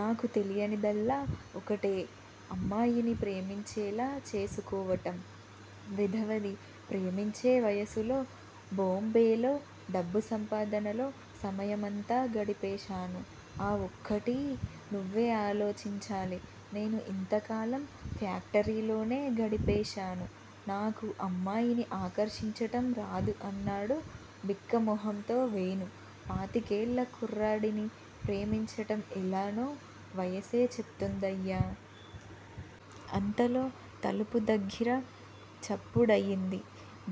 నాకు తెలియనిదల్లా ఒకటే, అమ్మాయిని ప్రేమించేలా చేసుకోవటం వెధవది ప్రేమించే వయసులో బోంబేలో డబ్బు సంపాదనలో సమయం అంతా గడిపేశాను. ఆ ఒక్కటీ నువ్వే ఆలోచించాలి నేను ఇంతకాలం ఫ్యాక్టరీలోనే గడిపేశాను. నాకూ అమ్మాయిని ఆకర్షించటం రాదు అన్నాడు బిక్కమొహంతో వేణు. పాతికేళ్ళ కుర్రాడిని ప్రేమించటం ఎలానో వయసే చెప్తుందయ్యా. అంతలో తలుపు దగ్గిర చప్పుడయింది.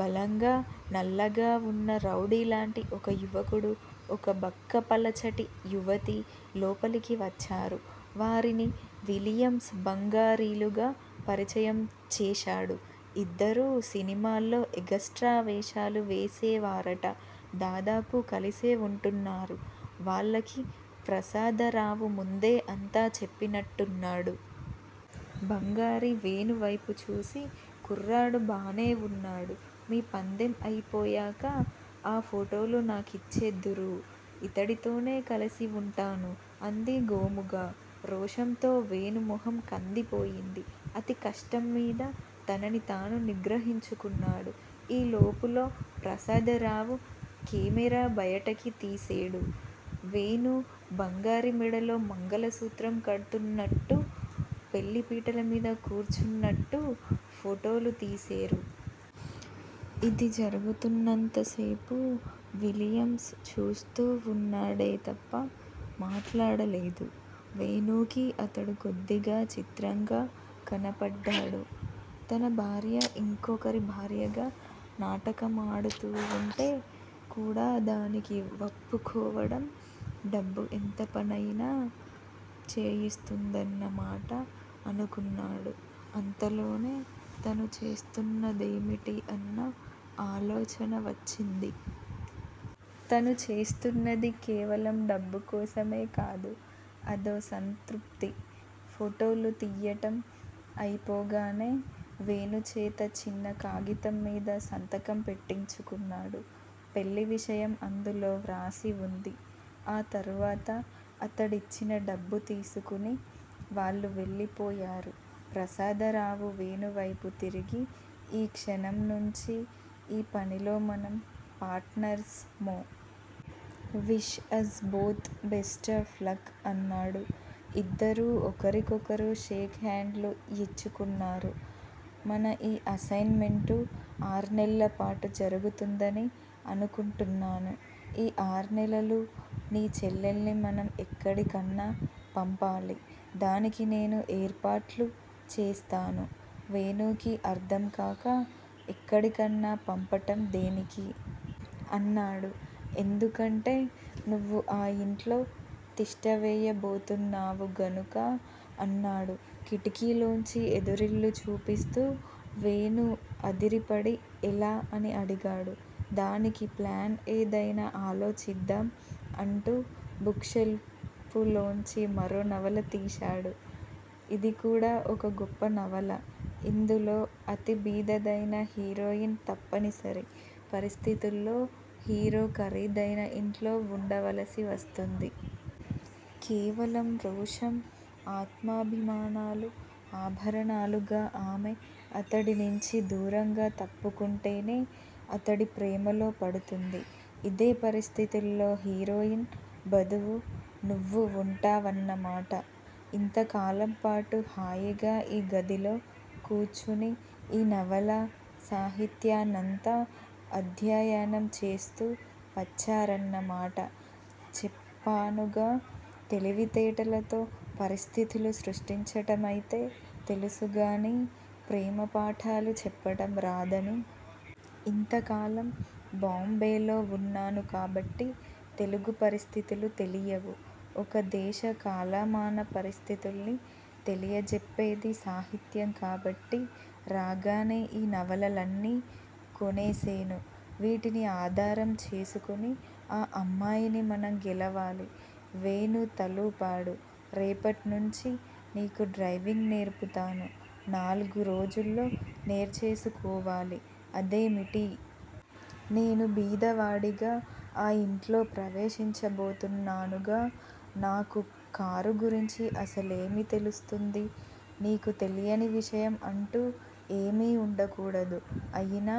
బలంగా నల్లగా వున్న రౌడీలాంటి ఒక యువకుడు, ఒక బక్కపలచటి యువతి లోపలికి వచ్చారు. వారిని విలియమ్స్, బంగారీలుగా పరిచయం చేశాడు. ఇద్దరూ సినిమాల్లో ఎగస్ట్రా వేషాలు వేసేవారట. దాదాపు కలిసే వుంటున్నారు. వాళ్ళకి ప్రసాదరావు ముందే అంతా చెప్పినట్టున్నాడు. బంగారి వేణువైపు చూసి, కుర్రాడు బానే వున్నాడు. మీ పందెం అయిపోయాక ఆ ఫోటోలు నాకిచ్చేద్దురూ! ఇతడితోనే కలిసి వుంటాను అంది గోముగా. రోషంతో వేణు మొహం కందిపోయింది. అతి కష్టంమీద తనని తాను నిగ్రహించుకున్నాడు. ఈ లోపులో ప్రసాదరావు కెమేరా బయటికి తీసేడు. వేణు బంగారి మెడలో మంగళసూత్రం కడ్తున్నట్టూ, పెళ్ళి పీటలమీద కూర్చున్నట్టూ ఫోటోలు తీసేరు. ఇది జరుగుతున్నంతసేపూ విలియమ్స్ చూస్తూ వున్నాడే తప్ప మాట్లాడలేదు. వేణూకి అతడు కొద్దిగా చిత్రంగా కనపడ్డాడు. తన భార్య ఇంకొకరి భార్యగా నాటక మాడుతూ వుంటే కూడా దానికి వప్పుకోవటం డబ్బు ఎంతపనయినా చేయిస్తుందన్న మాట_ అనుకున్నాడు. అంతలోనే, తను చేస్తున్నదేమిటి అన్న ఆలోచన వచ్చింది. తను చేస్తున్నది కేవలం డబ్బు కోసమే కాదు. అదో సంతృప్తి. ఫోటోలు తియ్యటం అయిపోగానే, వేణు చేత చిన్న కాగితంమీద సంతకం పెట్టించుకున్నాడు. పెళ్ళి విషయం అందులో వ్రాసి వుంది. ఆ తరువాత అతడిచ్చిన డబ్బు తీసుకుని వాళ్ళు వెళ్ళిపోయారు. ప్రసాదరావు వేణువైపు తిరిగి, ఈ క్షణం నుంచీ ఈ పనిలో మనం పార్టనర్స్ ము. Wish as both best of luck అన్నాడు. ఇద్దరూ ఒకరికొకరు షేక్ హాండ్ లు యిచ్చుకున్నారు. మన ఈ అసైన్ మెంటు ఆర్నెల్లపాటు జరుగుతుందని అనుకుంటున్నాను. ఈ ఆర్నెలలూ నీ చెల్లెల్ని మనం ఎక్కడికన్నా పంపాలి. దానికి నేను ఏర్పాట్లు చేస్తాను. వేణుకి అర్ధంకాక, ఎక్కడికన్నా పంపటం దేనికి? అన్నాడు. ఎందుకంటే_ నువ్వు ఆ యింట్లో తిష్ట వేయబోతున్నావు గనుక అన్నాడు కిటికీలోంచి ఎదిరిల్లు చూపిస్తూ. వేణు అదిరిపడి, ఎలా? అని అడిగాడు. దానికి ప్లాన్ ఏదైనా ఆలోచిద్దాం అంటూ బుక్ షెల్పులోంచి మరో నవల తీశాడు__ ఇదికూడా ఒక గొప్ప నవల. ఇందులో అతి బీదదైన హీరోయిన్ తప్పనిసరి పరిస్థితుల్లో హీరో ఖరీదైన ఇంట్లో వుండవలసి వస్తుంది. కేవలం రోషం, ఆత్మాభిమానాలు ఆభరణాలుగా ఆమె అతడినించి దూరంగా తప్పుకుంటూనే అతడి ప్రేమలో పడుతుంది. ఇదే పరిస్థితుల్లో హీరోయిన్ బదువు నువ్వు వుంటావన్నమాట. ఇంతకాలంపాటు హాయిగా ఈ గదిలో కూర్చుని ఈ నవలా సాహిత్యాన్నంతా ఆధ్యయనం చేస్తూ వచ్చారన్నమాట. చెప్పానుగా! తెలివితేటలతో పరిస్థితులు సృష్టించటమైతే తెలుసుగానీ_ ప్రేమ పాఠాలు చెప్పటం రాదని. ఇంతకాలం బోంబేలో వున్నాను కాబట్టి తెలుగు పరిస్థితులు తెలియవు. ఒక దేశ కాలమాన పరిస్థితుల్ని తెలియజెప్పేది సాహిత్యం కాబట్టి, రాగానే ఈ నవలలన్నీ కొనేసేను. వీటిని ఆధారం చేసుకుని ఆ అమ్మాయిని మనం గెలవాలి. వేణు తలూపాడు. రేపట్నుంచి నీకు డ్రైవింగ్ నేర్పుతాను. నాల్గు రోజుల్లో నేర్చేసుకోవాలి అదేమిటీ? నేను బీదవాడిగా ఆ ఇంట్లో ప్రవేశించబోతున్నానుగా! నాకు కారు గురించి అసలేమి తెలుస్తుంది? నీకు తెలియని విషయం అంటూ ఏమీ ఉండకూడదు. అయినా